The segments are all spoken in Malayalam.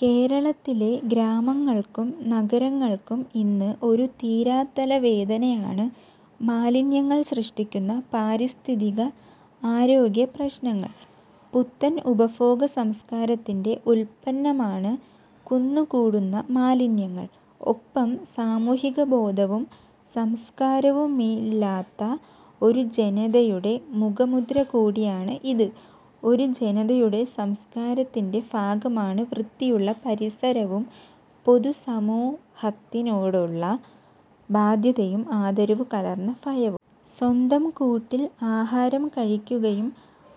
കേരളത്തിലെ ഗ്രാമങ്ങൾക്കും നഗരങ്ങൾക്കും ഇന്ന് ഒരു തീരാത്തല വേദനയാണ് മാലിന്യങ്ങൾ സൃഷ്ടിക്കുന്ന പാരിസ്ഥിതിക-ആരോഗ്യ പ്രശ്നങ്ങൾ. പുത്തൻ ഉപഭോഗസംസ്കാരത്തിന്റെ ഉത്പന്നമാണ് കുന്നു കൂടുന്ന മാലിന്യങ്ങൾ. ഒപ്പം സാമൂഹികബോധവും സംസ്കാരവുമി ല്ലാത്ത ഒരു ജനതയുടെ മുഖമുദ്രകൂടിയാണ് ഇത്. ഒരു ജനതയുടെ സംസ്കാരത്തിന്റെ ഭാഗമാണ് വൃത്തിയുള്ള പരിസരവും പൊതുസമൂ ഹത്തിനോടുള്ള ബാധ്യതയും ആദരവു കലർന്ന ഭയവും. സ്വന്തം കൂട്ടിൽ ആഹാരം കഴിക്കുകയും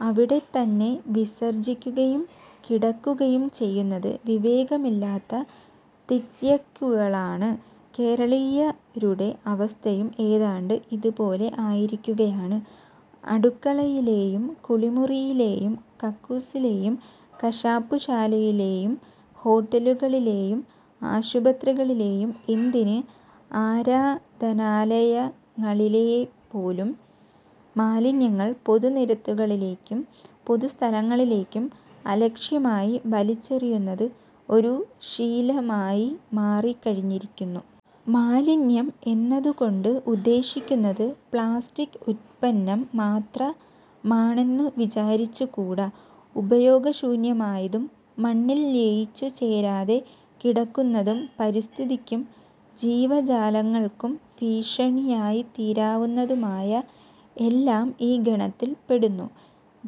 അവിടെത്തന്നെ വിസർജ്ജിക്കുകയും കിട ക്കുകയും ചെയ്യുന്നത് വിവേകമില്ലാത്ത തിര്യക്കുകളാണ്. കേരളീയ രുടെ അവസ്ഥയും ഏതാണ്ട് ഇതുപോലെ ആയിരിക്കുകയാണ്. അടു ക്കളയിലെയും കുളിമുറിയിലെയും കക്കൂസിലെയും കശാപ്പുശാലയി ലെയും ഹോട്ടലുകളിലെയും ആശുപത്രികളിലെയും എന്തിന് ആരാ ധനാലയ ങ്ങളിലെപ്പോലും മാലിന്യങ്ങൾ പൊതുനിരത്തുകളിലേക്കും പൊതുസ്ഥലങ്ങളിലേക്കും അലക്ഷ്യമായി വലിച്ചെറിയുന്നത് ഒരു ശീല മായി മാറിക്കഴിഞ്ഞിരിക്കുന്നു. മാലിന്യം എന്നതുകൊണ്ട് ഉദ്ദേശിക്കുന്നത് പ്ലാസ്റ്റിക് ഉത്പന്നം മാത്ര മാണെന്നു വിചാരിച്ചുകൂടാ. ഉപയോഗശൂന്യമായതും മണ്ണിൽ ലയിച്ചു ചേരാതെ കിടക്കുന്നതും പരിസ്ഥിതിക്കും ജീവജാലങ്ങൾക്കും ഭീഷ ണിയായിത്തീരാവുന്നതുമായ എല്ലാം ഈ ഗണത്തിൽപ്പെടുന്നു.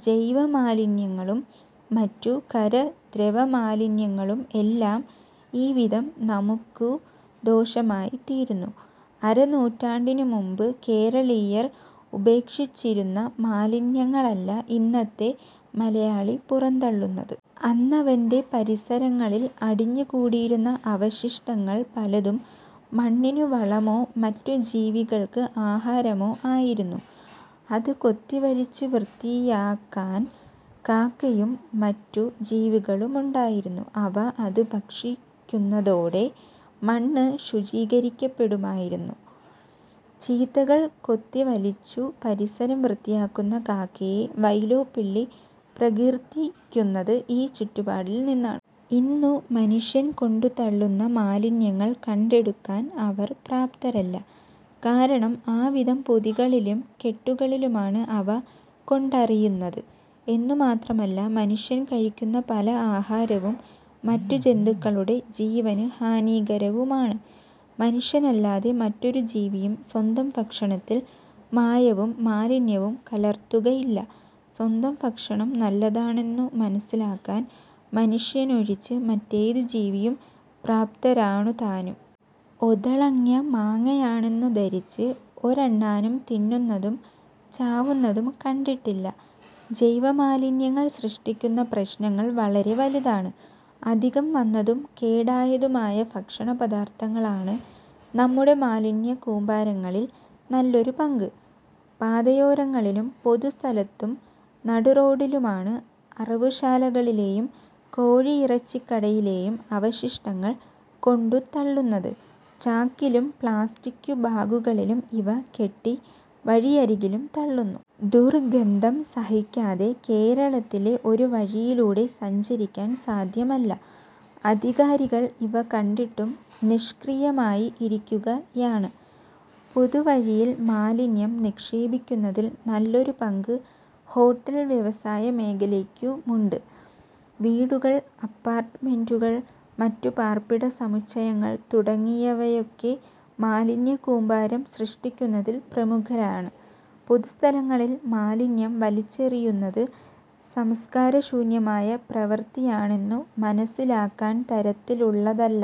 ജൈവ മാലിന്യങ്ങളും മറ്റു ഖര-ദ്രവമാലിന്യങ്ങളും എല്ലാം ഈവിധം നമുക്കു ദോഷമായിത്തീരുന്നു. അരനൂറ്റാണ്ടിനുമുമ്പ് കേരളീയർ ഉപേക്ഷിച്ചിരുന്ന മാലിന്യങ്ങളല്ല ഇന്നത്തെ മലയാളി പുറന്തള്ളുന്നത്. അന്നവന്റെ പരിസരങ്ങളിൽ അടി ഞ്ഞുകൂടിയിരുന്ന അവശിഷ്ടങ്ങൾ പലതും മണ്ണിനു വളമോ മറ്റു ജീവികൾക്ക് ആഹാരമോ ആയിരുന്നു. അത് കൊത്തിവലിച്ചു വൃത്തിയാ ക്കാൻ കാക്കയും മറ്റു ജീവികളുമുണ്ടായിരുന്നു. അവ അത് ഭക്ഷി ക്കുന്നതോടെ മണ്ണ് ശുചീകരിക്കപ്പെടുമായിരുന്നു. ചീത്തകൾ കൊത്തി വലിച്ചു പരിസരം വൃത്തിയാക്കുന്ന കാക്കയെ വൈലോപ്പിള്ളി പ്രകീർത്തി ക്കുന്നത് ഈ ചുറ്റുപാടിൽനിന്നാണ്. ഇന്നു മനുഷ്യൻ കൊണ്ടുത്തള്ളുന്ന മാലിന്യങ്ങൾ കണ്ടെടുക്കാൻ അവർ പ്രാപ്തരല്ല. കാരണം ആവിധം പൊതികളിലും കെട്ടുകളിലുമാണ് അവ കൊണ്ടറിയുന്നത്. എന്നു മാത്രമല്ല, മനുഷ്യൻ കഴിക്കുന്ന പല ആഹാരവും മറ്റു ജന്തുക്കളുടെ ജീവന് ഹാനികരവുമാണ്. മനുഷ്യനല്ലാതെ മറ്റൊരു ജീവിയും സ്വന്തം ഭക്ഷണത്തിൽ മായവും മാലിന്യവും കലർത്തുകയില്ല. സ്വന്തം ഭക്ഷണം നല്ലതാണെന്നു മനസ്സിലാക്കാൻ മനുഷ്യനൊഴിച്ച് മറ്റേതു ജീവിയും പ്രാപ്തരാണുതാനും. ഒതളങ്ങ മാങ്ങയാണെന്നു ധരിച്ച് ഒരണ്ണാനും തിന്നുന്നതും ചാവുന്നതും കണ്ടിട്ടില്ല. ജൈവമാലിന്യങ്ങൾ സൃഷ്ടിക്കുന്ന പ്രശ്നങ്ങൾ വളരെ വലുതാണ്. അധികം വന്നതും കേടായതുമായ ഭക്ഷണപദാർത്ഥങ്ങളാണ് നമ്മുടെ മാലിന്യക്കൂമ്പാരങ്ങളിൽ നല്ലൊരു പങ്ക്. പാതയോരങ്ങളിലും പൊതു സ്ഥലത്തും നടുറോഡിലുമാണ് അറവുശാലകളിലെയും കോഴിയിറ ച്ചിക്കടയിലെയും അവശിഷ്ടങ്ങൾ കൊണ്ടുത്തള്ളുന്നത്. ചാക്കിലും പ്ലാസ്റ്റിക്കു ബാഗുകളിലും ഇവ കെട്ടി വഴിയരികിലും തള്ളുന്നു. ദുർ ഗന്ധം സഹിക്കാതെ കേരളത്തിലെ ഒരു വഴിയിലൂടെ സഞ്ചരിക്കാൻ സാധ്യമല്ല. അധികാരികൾ ഇവ കണ്ടിട്ടും നിഷ്ക്രിയമായി ഇരിക്കുക യാണ്. പൊതുവഴിയിൽ മാലിന്യം നിക്ഷേപിക്കുന്നതിൽ നല്ലൊരു പങ്ക് ഹോട്ടൽ വ്യവസായ മേഖലയ്ക്കുമുണ്ട്. വീടുകൾ, അപ്പാർട്ടുമെന്റുകൾ, മറ്റു പാർപ്പിട സമുച്ചയങ്ങൾ തുടങ്ങിയവയൊക്കെ മാലിന്യക്കൂമ്പാരം സൃഷ്ടിക്കുന്നതിൽ പ്രമുഖരാണ്. പൊതുസ്ഥലങ്ങളിൽ മാലിന്യം വലി ച്ചെറിയുന്നത് സംസ്കാരശൂന്യമായ പ്രവൃത്തിയാണെന്നു മനസ്സിലാ ക്കാൻതരത്തിലുള്ളതല്ല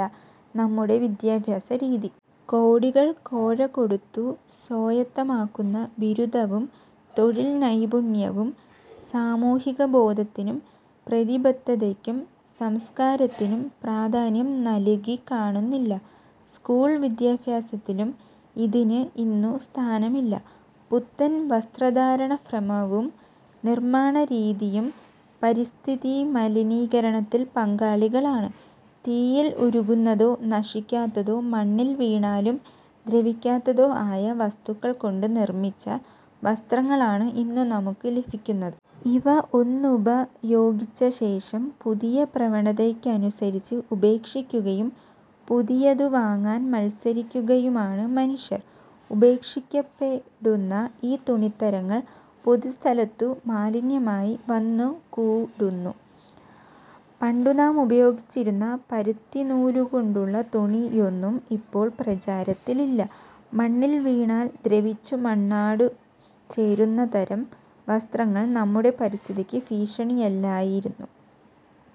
നമ്മുടെ വിദ്യാഭ്യാസരീതി. കോടികൾ കോഴ കൊടുത്തു സ്വായത്തമാക്കുന്ന ബിരുദവും തൊഴിൽനൈപുണ്യവും സാമൂഹികബോധത്തിനും പ്രതിബദ്ധതയ്ക്കും സംസ്കാരത്തിനും പ്രാധാന്യം നല്കി കാണുന്നില്ല. സ്കൂൾ വിദ്യാഭ്യാസത്തിലും ഇതിന് ഇന്നു സ്ഥാനമില്ല. പുത്തൻ വസ്ത്രധാരണഭ്രമവും നിർമ്മാണരീതിയും പരിസ്ഥിതിമ ലീനീകരണത്തിൽ പങ്കാളികളാണ്. തീയിൽ ഉരുകുന്നതോ നശിക്കാ ത്തതോ മണ്ണിൽ വീണാലും ദ്രവിക്കാത്തതോ ആയ വസ്തുക്കൾക്കൊണ്ട് നിർമ്മിച്ച വസ്ത്രങ്ങളാണ് ഇന്നു നമുക്കു ലഭിക്കുന്നത്. ഇവ ഒന്നുപ യോഗിച്ചശേഷം പുതിയ പ്രവണതയ്ക്കനുസരിച്ച് ഉപേക്ഷിക്കുകയും പുതിയതു വാങ്ങാൻ മത്സരിക്കുകയുമാണ് മനുഷ്യർ. ഉപേക്ഷിക്കപ്പെ ടുന്ന ഈ തുണിത്തരങ്ങൾ പൊതുസ്ഥലത്തു മാലിന്യമായി വന്നുകൂ ടുന്നു. പണ്ടു നാം ഉപയോഗിച്ചിരുന്ന പരുത്തിനൂലുകൊണ്ടുള്ള തുണി യൊന്നും ഇപ്പോൾ പ്രചാരത്തിലില്ല. മണ്ണിൽ വീണാൽ ദ്രവിച്ചു മണ്ണാടു ചേരുന്നതരം വസ്ത്രങ്ങൾ നമ്മുടെ പരിസ്ഥിതിക്ക് ഭീഷണിയല്ലായി രുന്നു.